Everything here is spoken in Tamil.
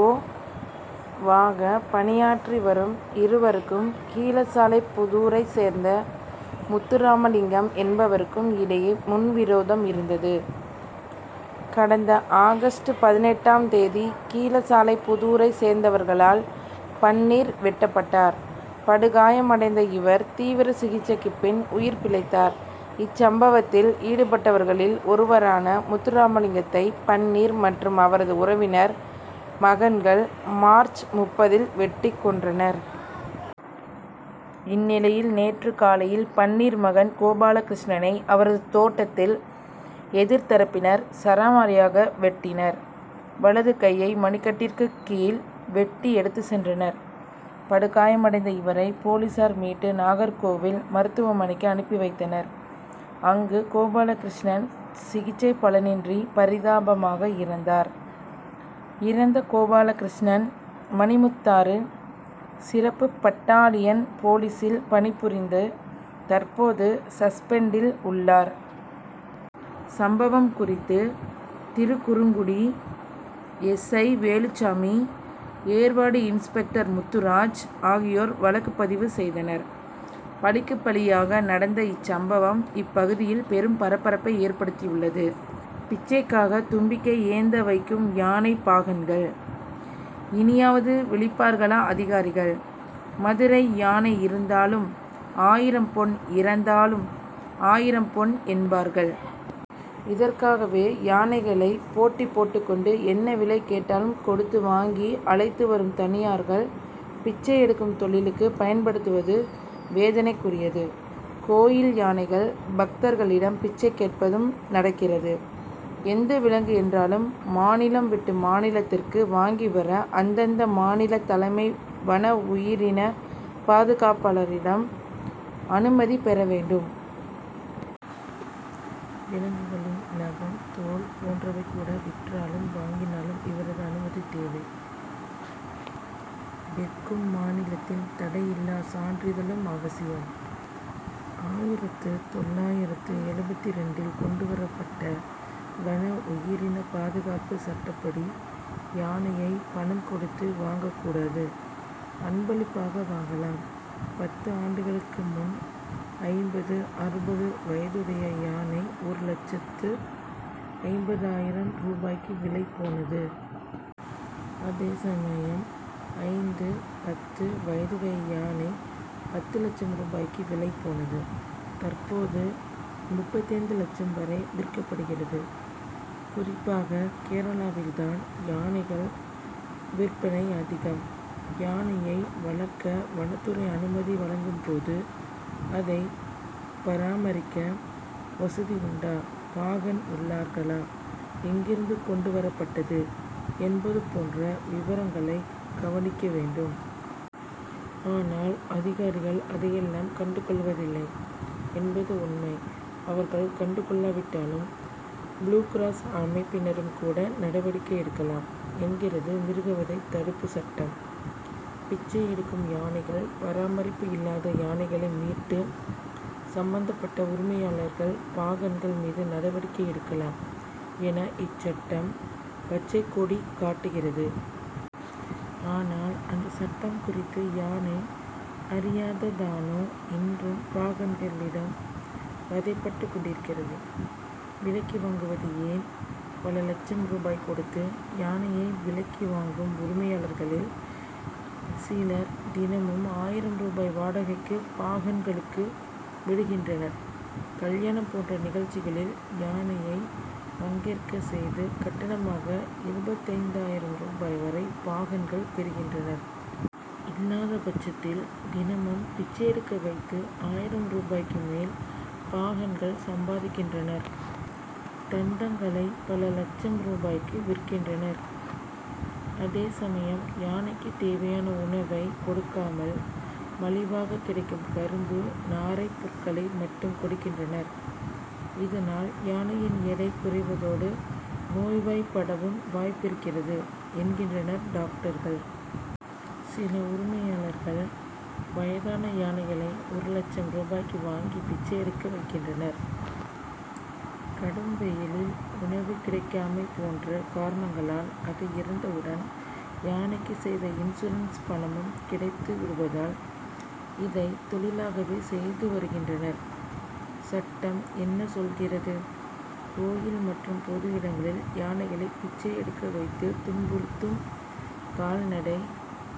ஓ. வாக பணியாற்றி வரும் இவருக்கும் கீழசாலைப்புதூரை சேர்ந்த முத்துராமலிங்கம் என்பவருக்கும் இடையே முன்விரோதம் இருந்தது. கடந்த ஆகஸ்ட் பதினெட்டாம் தேதி கீழசாலைப்புதூரை சேர்ந்தவர்களால் பன்னீர் வெட்டப்பட்டார். படுகாயமடைந்த இவர் தீவிர சிகிச்சைக்குப் பின் உயிர் பிழைத்தார். இச்சம்பவத்தில் ஈடுபட்டவர்களில் ஒருவரான முத்துராமலிங்கத்தை பன்னீர் மற்றும் அவரது உறவினர் மகன்கள் மார்ச் முப்பதில் வெட்டிக் கொன்றனர். இந்நிலையில் நேற்று காலையில் பன்னீர் மகன் கோபாலகிருஷ்ணனை அவரது தோட்டத்தில் எதிர்தரப்பினர் சரமாரியாக வெட்டினர். வலது கையை மணிக்கட்டிற்கு கீழ் வெட்டி எடுத்துச் சென்றனர். படுகாயமடைந்த இவரை போலீசார் மீட்டு நாகர்கோவில் மருத்துவமனைக்கு அனுப்பி வைத்தனர். அங்கு கோபாலகிருஷ்ணன் சிகிச்சை பலனின்றி பரிதாபமாக இறந்தார். இறந்த கோபாலகிருஷ்ணன் மணிமுத்தாறு சிறப்பு பட்டாலியன் போலீசில் பணிபுரிந்து தற்போது சஸ்பெண்டில் உள்ளார். சம்பவம் குறித்து Thirukkurungudi S. I. Veluchamy Ervadi inspector Muthuraj ஆகியோர் வழக்கு பதிவு செய்தனர். பழிக்கு பழியாக நடந்த இச்சம்பவம் இப்பகுதியில் பெரும் பரபரப்பை ஏற்படுத்தியுள்ளது. பிச்சைக்காக தும்பிக்கை ஏந்த வைக்கும் யானை பாகன்கள் இனியாவது விழிப்பார்களா அதிகாரிகள் மதுரை யானை இருந்தாலும் ஆயிரம் பொன் இறந்தாலும் ஆயிரம் பொன் என்பார்கள். இதற்காகவே யானைகளை போட்டி போட்டுக்கொண்டு என்ன விலை கேட்டாலும் கொடுத்து வாங்கி அழைத்துவரும் தனியார்கள் பிச்சை எடுக்கும் தொழிலுக்கு பயன்படுத்துவது வேதனைக்குரியது. கோயில் யானைகள் பக்தர்களிடம் பிச்சை கேட்பதும் நடக்கிறது. எந்த விலங்கு என்றாலும் மாநிலம் விட்டு மாநிலத்திற்கு வாங்கி வர அந்தந்த மாநில தலைமை வனஉயிரின பாதுகாப்பாளரிடம் அனுமதி பெறவேண்டும். விலங்குகளின் நகம் தோல் போன்றவைகூட விற்றாலும் வாங்கினாலும் இவரது அனுமதி தேவை. விற்கும் மாநிலத்தின் தடையில்லா சான்றிதழும் அவசியம். ஆயிரத்து தொள்ளாயிரத்து எழுபத்திரண்டில் கொண்டுவரப்பட்ட வன உயிரின பாதுகாப்பு சட்டப்படி யானையை பணம் கொடுத்து வாங்கக்கூடாது. அன்பளிப்பாக வாங்கலாம். பத்து ஆண்டுகளுக்கு முன் ஐம்பது-அறுபது வயதுடைய யானை ஒரு லட்சத்து ஐம்பதாயிரம் ரூபாய்க்கு விலை போனது. அதேசமயம் ஐந்து-பத்து வயதுடைய யானை பத்து லட்சம் ரூபாய்க்கு விலை போனது. தற்போது முப்பத்தைந்து லட்சம் வரை விற்கப்படுகிறது. குறிப்பாக கேரளாவில்தான் யானைகள் விற்பனை அதிகம். யானையை வளர்க்க வனத்துறை அனுமதி வழங்கும் போது அதை பராமரிக்க வசதி உண்டா பாகன் உள்ளார்களா எங்கிருந்து கொண்டு வரப்பட்டது என்பது போன்ற விபரங்களை கவனிக்க வேண்டும். ஆனால் அதிகாரிகள் அதையெல்லாம் கண்டுகொள்வதில்லை என்பது உண்மை. அவர்கள் கண்டுகொள்ளாவிட்டாலும் புளூகிராஸ் அமைப்பினரும் கூட நடவடிக்கை எடுக்கலாம் என்கிறது மிருகவதை தடுப்பு சட்டம். பிச்சை எடுக்கும் யானைகள் பராமரிப்பு இல்லாத யானைகளை மீட்டு சம்பந்தப்பட்ட உரிமையாளர்கள் பாகன்கள் மீது நடவடிக்கை எடுக்கலாம் என இச்சட்டம் பச்சை கொடி காட்டுகிறது. ஆனால் அந்த சட்டம் குறித்து யானை அறியாததானோ இன்றும் பாகன்களிடம் வதைபட்டுக் கொண்டிருக்கிறது. விலைக்கு வாங்குவது ஏன். பல லட்சம் ரூபாய் கொடுத்து யானையை விலைக்கு வாங்கும் உரிமையாளர்களில் சிலர் தினமும் ஆயிரம் ரூபாய் வாடகைக்கு பாகன்களுக்கு விடுகின்றனர். கல்யாணம் போன்ற நிகழ்ச்சிகளில் யானையை பங்கேற்க செய்து கட்டணமாக இருபத்தைந்து ஆயிரம் ரூபாய் வரை பாகன்கள் பெறுகின்றனர். இல்லாதபட்சத்தில் தினமும் பிச்சை எடுக்க வைத்து ஆயிரம் ரூபாய்க்கு மேல் பாகன்கள் சம்பாதிக்கின்றனர். தந்தங்களை பல லட்சம் ரூபாய்க்கு விற்கின்றனர். அதேசமயம் யானைக்கு தேவையான உணவை கொடுக்காமல் மலிவாக கிடைக்கும் கரும்பு நாரைப் புற்களை மட்டும் கொடுக்கின்றனர். இதனால் யானையின் எடை குறைவதோடு நோய்வாய்ப்படவும் வாய்ப்பிருக்கிறது என்கின்றனர் டாக்டர்கள். சில உரிமையாளர்கள் வயதான யானைகளை ஒரு லட்சம் ரூபாய்க்கு வாங்கி பிச்சை எடுக்க வைக்கின்றனர். கடும் வெயில் உணவு கிடைக்காமை போன்ற காரணங்களால் அது இறந்தவுடன் யானைக்கு செய்த இன்சூரன்ஸ் பணமும் கிடைத்து விடுவதால் இதை தொழிலாகவே செய்து வருகின்றனர். சட்டம் என்ன சொல்கிறது. கோயில் மற்றும் பொது இடங்களில் யானைகளை பிச்சை எடுக்க வைத்து துன்புறுத்தும் கால்நடை.